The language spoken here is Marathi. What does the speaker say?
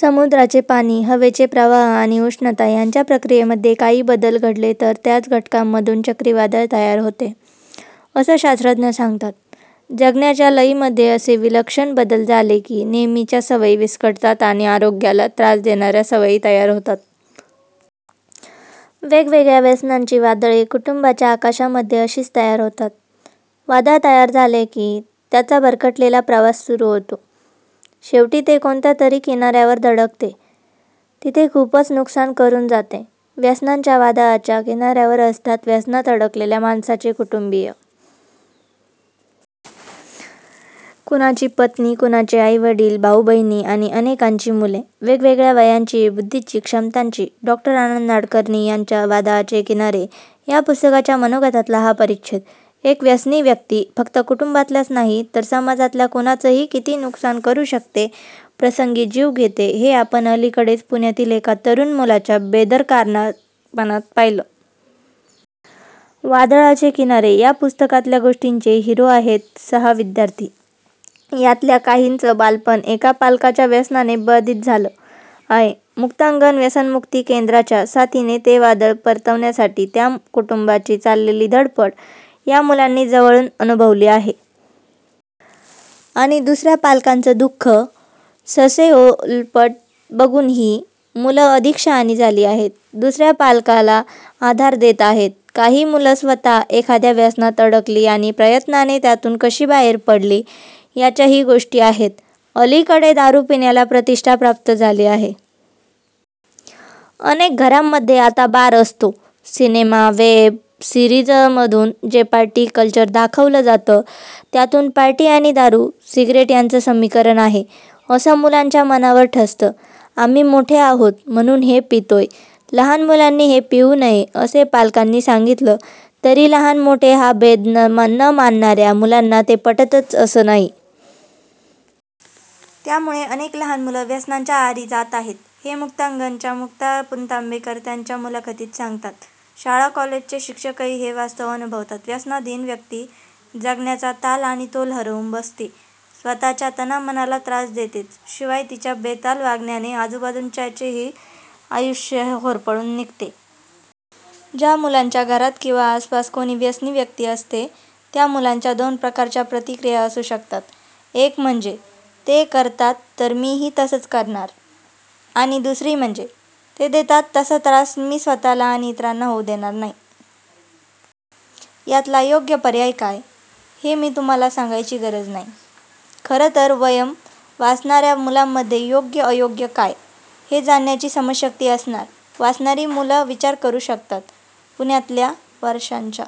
"समुद्राचे पाणी, हवेचे प्रवाह आणि उष्णता ह्यांच्या प्रक्रियेमध्ये काही बदल घडले तर त्याच घटकांमधून चक्रीवादळ तयार होते, असं शास्त्रज्ञ सांगतात. जगण्याच्या लयीमध्ये असे विलक्षण बदल झाले की, नेहमीच्या सवयी विस्कटतात आणि आरोग्याला त्रास देणाऱ्या सवयी तयार होतात. वेगवेगळ्या व्यसनांची वादळे, कुटुंबांच्या आकाशामध्ये अशीच तयार होतात. वादळ तयार झाले की, त्याचा भरकटलेला प्रवास सुरू होतो. शेवटी ते कोणत्यातरी किनाऱ्यावर धडकते. तिथे खूपच नुकसान करून जाते. व्यसनांच्या वादळाच्या किनाऱ्यावर असतात व्यसनात अडकलेल्या माणसाचे कुटुंबीय. कुणाची पत्नी, कुणाचे आई-वडील, भाऊ-बहिणी आणि अनेकांची मुले. वेगवेगळ्या वयांची, बुद्धीची, क्षमतांची. " डॉ. आनंद नाडकर्णी यांच्या 'वादळाचे किनारे' या पुस्तकाच्या मनोगतातला हा परिच्छेद. एक व्यसनी व्यक्ती फक्त कुटुंबातल्याच नाही, तर समाजातल्या कुणाचंही किती नुकसान करू शकते; प्रसंगी जीव घेते, हे आपण अलीकडेच पुण्यातील एका तरुण मुलाच्या बेदरकारपणात पाहिलं. 'वादळाचे किनारे' या पुस्तकातल्या गोष्टींचे हिरो आहेत सहा विद्यार्थी. यातल्या काहींचं बालपण एका पालकाच्या व्यसनाने बाधित झालं आहे. 'मुक्तांगण' व्यसनमुक्ती केंद्राच्या साथीने ते वादळ परतवण्यासाठी त्या कुटुंबांची चाललेली धडपड या मुलांनी जवळून अनुभवली आहे. आणि दुसऱ्या पालकाचं दु:ख, ससेहोलपट बघून ही मुलं अधिक शहाणी झाली आहेत, दुसऱ्या पालकाला आधार देत आहेत. काही मुलं स्वत: एखाद्या व्यसनात अडकली आणि प्रयत्नाने त्यातून कशी बाहेर पडली, याच्याही गोष्टी आहेत. अलीकडे दारू पिण्याला प्रतिष्ठा प्राप्त झाली आहे. अनेक घरांमध्ये आता बार असतो. सिनेमा, वेब सिरीजमधून जे पार्टी कल्चर दाखवलं जातं, त्यातून पार्टी आणि दारू, सिगरेट यांचं समीकरण आहे, असं मुलांच्या मनावर ठसतं. 'आम्ही मोठे आहोत, म्हणून हे पितोय, लहान मुलांनी हे पिऊ नये', असं पालकांनी सांगितलं तरी लहान-मोठे हा भेद न मानणाऱ्या मुलांना ते पटतंच असं नाही. त्यामुळे अनेक लहान मुलं व्यसनांच्या आहारी जात आहेत, हे 'मुक्तांगण'च्या मुक्ता पुणतांबेकर त्यांच्या मुलाखतीत सांगतात. शाळा-कॉलेजचे शिक्षकही हे वास्तव अनुभवतात. व्यसनाधीन व्यक्ती, जगण्याचा ताल आणि तोल हरवून बसते. स्वत:च्या तना-मनाला त्रास देतेच, शिवाय तिच्या बेताल वागण्याने आजूबाजूच्यांचेही आयुष्य होरपळून निघते. ज्या मुलांच्या घरात किंवा आसपास कोणी व्यसनी व्यक्ती असते, त्या मुलांच्या दोन प्रकारच्या प्रतिक्रिया असू शकतात. एक म्हणजे, ते करतात तर मीही तसंच करणार. आणि दुसरी म्हणजे, ते देतात तसा त्रास मी स्वत:ला आणि इतरांना होऊ देणार नाही. यातला योग्य पर्याय काय, हे मी तुम्हांला सांगायची गरज नाही. खरं तर 'वयम्' वाचणाऱ्या मुलांमध्ये योग्य-अयोग्य काय, हे जाणण्याची समजशक्ती असणार; वाचणारी मुलं विचार करू शकतात! पुण्यातल्या वर्षांच्या